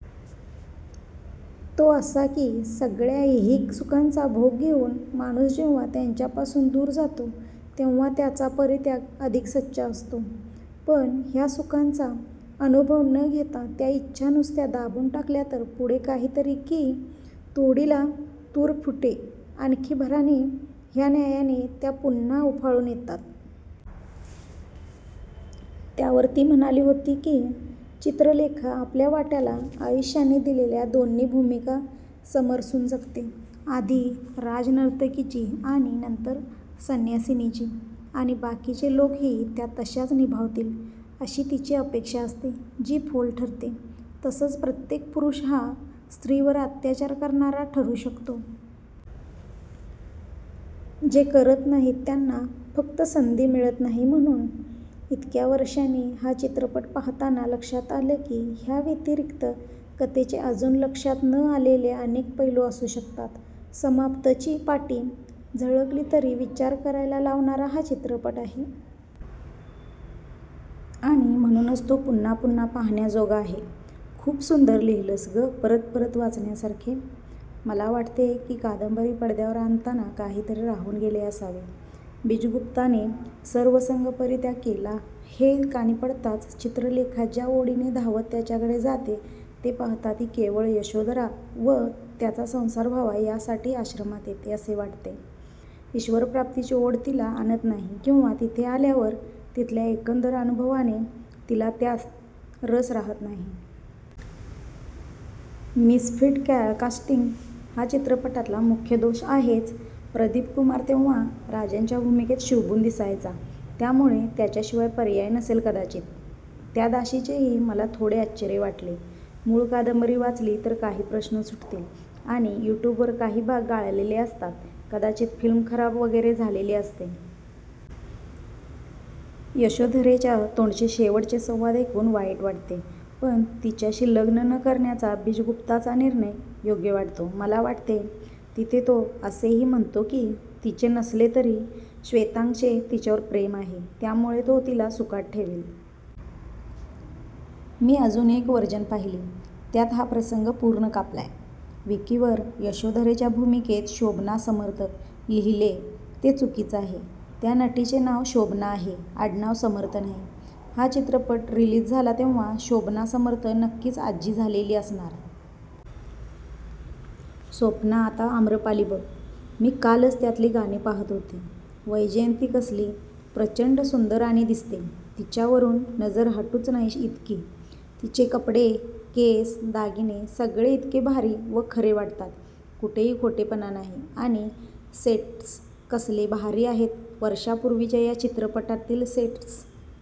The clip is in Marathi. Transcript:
तो असा की सगळ्या ऐहिक सुखांचा भोग घेऊन माणूस जेव्हा त्यांच्यापासून दूर जातो तेव्हा त्याचा परित्याग अधिक सच्चा असतो. पण ह्या सुखांचा अनुभव न घेता त्या इच्छा नुसत्या दाबून टाकल्या तर पुढे कधीतरी 'की तोडीला तरु फुटे आणखी भराने' ह्या न्यायाने त्या पुन्हा उफाळून येतात. त्यावर ती म्हणाली होती की चित्रलेखा आपल्या वाट्याला आयुष्याने दिलेल्या दोन्ही भूमिका समरसून जगते आधी राजनर्तकीची आणि नंतर संन्यासिनीची. आणि बाकीचे लोकही त्या तश्याच निभावतील अशी तिची अपेक्षा असते जी फोल ठरते. तसंच प्रत्येक पुरुष हा स्त्रीवर अत्याचार करणारा ठरू शकतो. जे करत नाहीत त्यांना फक्त संधी मिळत नाही म्हणून. इतक्या वर्षांनी हा चित्रपट पाहताना लक्षात आलं की ह्याव्यतिरिक्त कथेचे अजून लक्षात न आलेले अनेक पैलू असू शकतात. 'समाप्त' ची पाटी झळकली तरी विचार करायला लावणारा हा चित्रपट आहे. आणि म्हणूनच तो पुन्हापुन्हा पाहण्याजोगा आहे. खूप सुंदर लिहिलंस गं.. परत परत वाचण्यासारखे. मला वाटते की कादंबरी पडद्यावर आणताना काहीतरी राहून गेले असावे. बीजगुप्ताने सर्वसंगपरित्याग केला हे कानी पडताच चित्रलेखा ज्या ओढीने धावत त्याच्याकडे जाते ते पाहता ती केवळ यशोधरा व त्याचा संसार व्हावा यासाठी आश्रमात येते असे वाटते, ईश्प्राप्तीची ओढ तिला आणत नाही किंवा तिथे आल्यावर तिथल्या एकंदर अनुभवाने तिला त्यात रस राहत नाही.. मिसफीट कास्टिंग हा चित्रपटातला मुख्य दोष आहेच. प्रदीपकुमार तेव्हा राजांच्या भूमिकेत शोभून दिसायचा, त्यामुळे त्याच्याशिवाय पर्याय नसेल कदाचित. त्या दासीचेही मला थोडे आश्चर्य वाटले. मूळ कादंबरी वाचली तर काही प्रश्न सुटतील. आणि युट्युबवर काही भाग गाळलेले असतात, कदाचित फिल्म खराब वगैरे झालेली असते. यशोधरेच्या तोंडचे शेवटचे संवाद ऐकून वाईट वाटते. पण तिच्याशी लग्न न करण्याचा बीजगुप्ताचा निर्णय योग्य वाटतो. मला वाटते तिथे तो असेही म्हणतो की तिचे नसले तरी श्वेतांगचे तिच्यावर प्रेम आहे, त्यामुळे तो तिला सुखात ठेवेल. मी अजून एक व्हर्जन पाहीली त्यात हा प्रसंग पूर्ण कापलाय. विकीवर यशोधरेच्या भूमिकेत शोभना समर्थ लिहिलेय ते चूक आहे. त्या नटीचे नाव शोभना आहे, आडनाव समर्थ नाही. हा चित्रपट रिलीज झाला तेव्हा शोभना समर्थ नक्कीच आजी झालेली असणार. स्वप्ना, आता आम्रपाली बघ. मी कालच त्यातली गाणी पाहत होते. वैजयंती कसली प्र चं ड सुंदर आणि दिसते, तिच्यावरून नजर हटुच नाही इतकी. तिचे कपडे, केस, दागिने सगळे इतके भारी व खरे वाटतात, कुठेही खोटेपणा नाही. आणि सेट्स कसले भारी आहेत वर्षांपूर्वीच्या या चित्रपटातील सेट्स